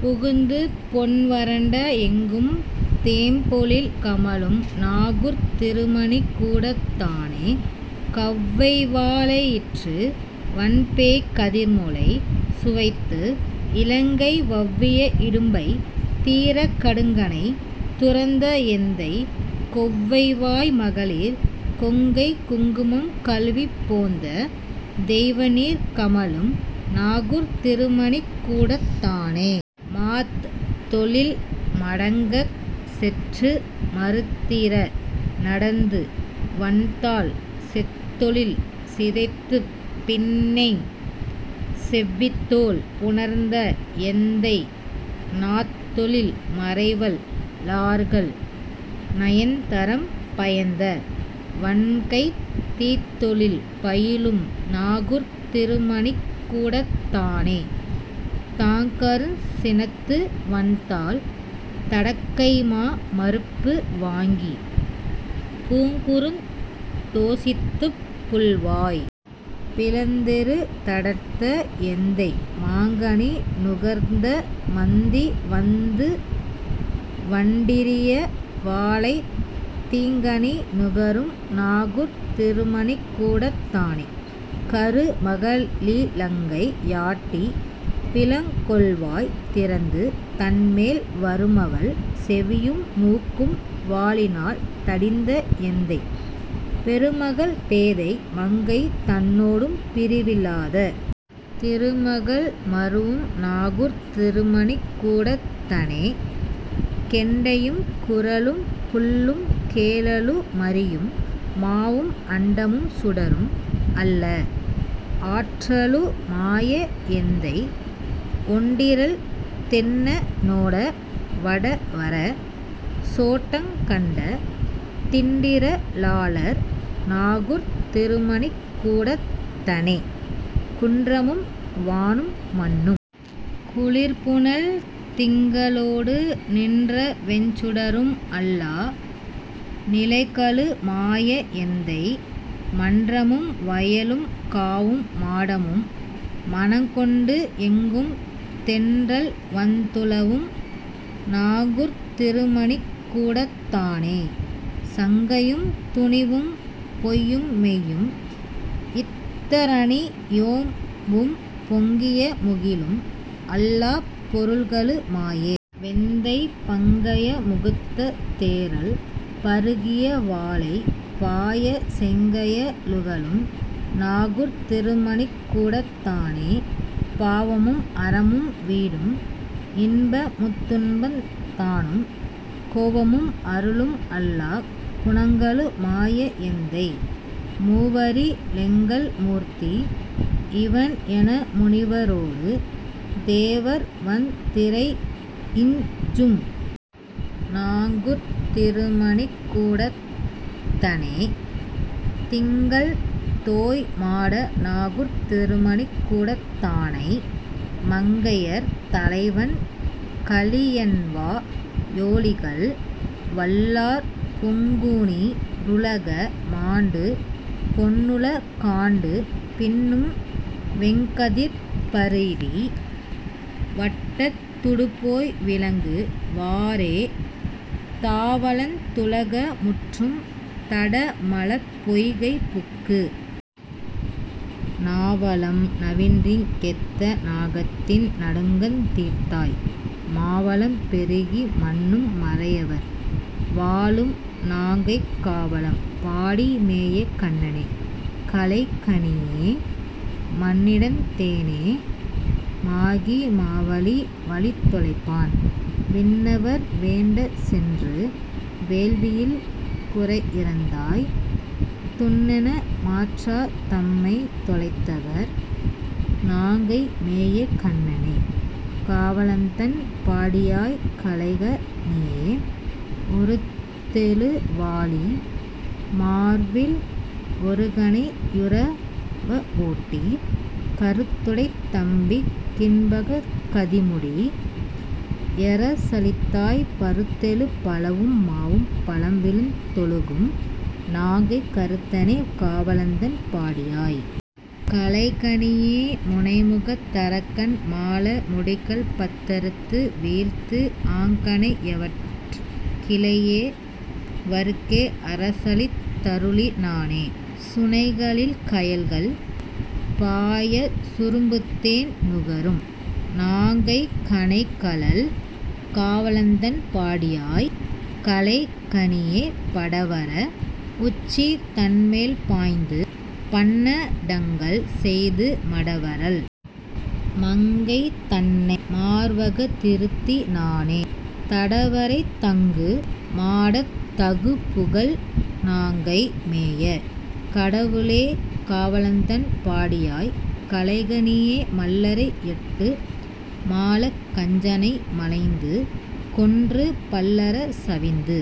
புகுந்துபொன் வரண்ட, எங்கும் தேம்பொழில் கமழும் நாங்கூர்த் திருமணிக் கூடத் தானே கவ்வைவா ளெயிற்று வன்பேய்க் கதிர்முலை சுவைத்து, இ லங்கை வவ்விய இடும்பை தீரக் கடுங்கணை துரந்த எந்தை, கொவ்வைவாய் மகளிர் கொங்கைக் குங்குமம் கழுவிப் போந்த, தெய்வநீர் கமழும் நாங்கூர்த் திருமணிக் கூடத் தானே மாத்தொழில் மடங்கக் செற்று மறுதிற நடந்து வன்தாள் சேத்தொழில் சிதைத்துப் பின்னை செவ்வித்தோள் புணர்ந்த எந்தை, நாத்தொழில் மறைவல் லார்கள் நயந்தறம் பயந்த வண்கைத் தீத்தொழில் பயிலும் நாங்கூர்த் திருமணிக் கூடத் தானே தாங்கருஞ் சினத்து வன்தாள் தடக்கைமா மருப்பு வாங்கி, பூங்குருந் தோசித்துப் புள்வாய் பிளந்தெரு தடர்த்த எந்தை, மாங்கனி நுகர்ந்த மந்தி வந்துவண் டிரிய வாழைத் தீங்கனி நுகரும் நாங்கூர்த் திருமணிக் கூடத் தானே கருமக ளிலங்கை யாட்டி பிலங்கொள்வாய் திறந்து தன்மேல் வருமவள் செவியும் மூக்கும் வாளினால் தடிந்த எந்தை, பெருமகள் பேதை மங்கை தன்னொடும் பிரிவி லாத, திருமகள் மருவும் நாங்கூர்த் திருமணிக் கூடத் தனே கெண்டையும் குறளும் புள்ளும் கேழலு மரியும் மாவும், அண்டமும் சுடரும் அல்ல ஆற்றலு மாய எந்தை, ஒண்டிறல் தென்ன னோட வடவர சோட்டங் கண்ட, திண்டிற லாளர் நாங்கூர்த் திருமணிக் கூடத் தனே குன்றமும் வானும் மண்ணும் குளிர்புனல் திங்க ளோடு, நின்றவெஞ் சுடரும் அல்லா நிலைகளு மாய எந்தை, மன்றமும் வயலும் காவும் மாடமும் மணங்கொண்டு, எங்கும் தென்றல்வந் துலவும் நாங்கூர்த் திருமணிக் கூடத் தானே சங்கையும் துணிவும் பொய்யும் மெய்யும் இத் தரணி யோம்பும், பொங்கிய முகிலும் அல்லாப் பொருள்களு மாய வெந்தை, பங்கய முகுத்த தேறல் பருகிய வாளை பாய, செங்கய லுகளும் நாங்கூர்த் திருமணிக் கூடத் தானே பாவமும் அறமும் வீடும் இன்பமுந் துன்பந் தானும் கோவமும் அருளும் அல்லாக் குணங்களு மாய எந்தை, மூவரி லெங்கள் மூர்த்தி இவன், என முனிவரோடு, தேவர்வந் திறைஞ்சும் நாங்கூர்த் திருமணிக் கூடத் தனே திங்கள்தோய் மாட நாங்கூர்த் திருமணிக் கூடத் தானை மங்கையர் தலைவன் கலியன்வா யொலிகள் வல்லார், பொங்குநீ ருலக மாண்டு பொன்னுல காண்டு, பின்னும் வெங்கதிர்ப் பரிதி வட்டத் தூடுபோய் விளங்கு வாரே தாவளந் துலக முற்றும் தடமலர்ப் பொய்கை புக்கு, நாவளம் நவின்றிங் கேத்த நாகத்தின் நடுக்கந்தீர்த்தாய், மாவளம் பெருகி மன்னும் மறையவர் வாழும் நாங்கைக், காவளம் பாடி மேய கண்ணனே களைகணீயே மண்ணிடந் தேன மாகி மாவலி வலிதொ லைப்பான், விண்ணவர் வேண்டச் சென்று வேள்வியில் குறையி ரந்தாய் துண்ணென மாற்றார் தம்மைத் தொலைத்தவர் நாங்கை மேய, கண்ணனே காவ ளந்தண் பாடியாய் களைக ணீயே உருத்தெழு வாலி மார்வில் ஓருகணை யுருவ வோட்டி, கருத்துடைத் தம்பிக் கின்பக் கதிமுடி யரசளித்தாய், பருத்தெழு பலவும் மாவும் பழம்விழுந் தொழுகும் நாங்கைக் கருத்தனே காவ ளந்தண் பாடியாய். களைக ணீயே முனைமகத் தரக்கன் மாள முடிகள்பத் தறுத்து வீழ்த்து, ஆங் கனையவற் கிளைய வற்கே அரசளித் தருளி னானே, சுனைகளில் கயல்கள் பாயச் சுரும்புதேன் நுகரும் நாங்கைக், கனைகழல் காவ ளந்தண் பாடியாய். களைக ணீயே படவர வுச்சி தன்மேல் பாய்ந்துபன்னடங்கள் செய்து, மடவரல் மங்கை தன்னை மார்வகத் திருத்தி னானே, தடவரை தங்கு மாடத் தகுபுகழ் நாங்கை மேய, கடவுளே காவ ளந்தண் பாடியாய் களைக ணீயே மல்லரை யட்டு மாளக் கஞ்சனை மலைந்து கொன்று, பல்லர சவிந்து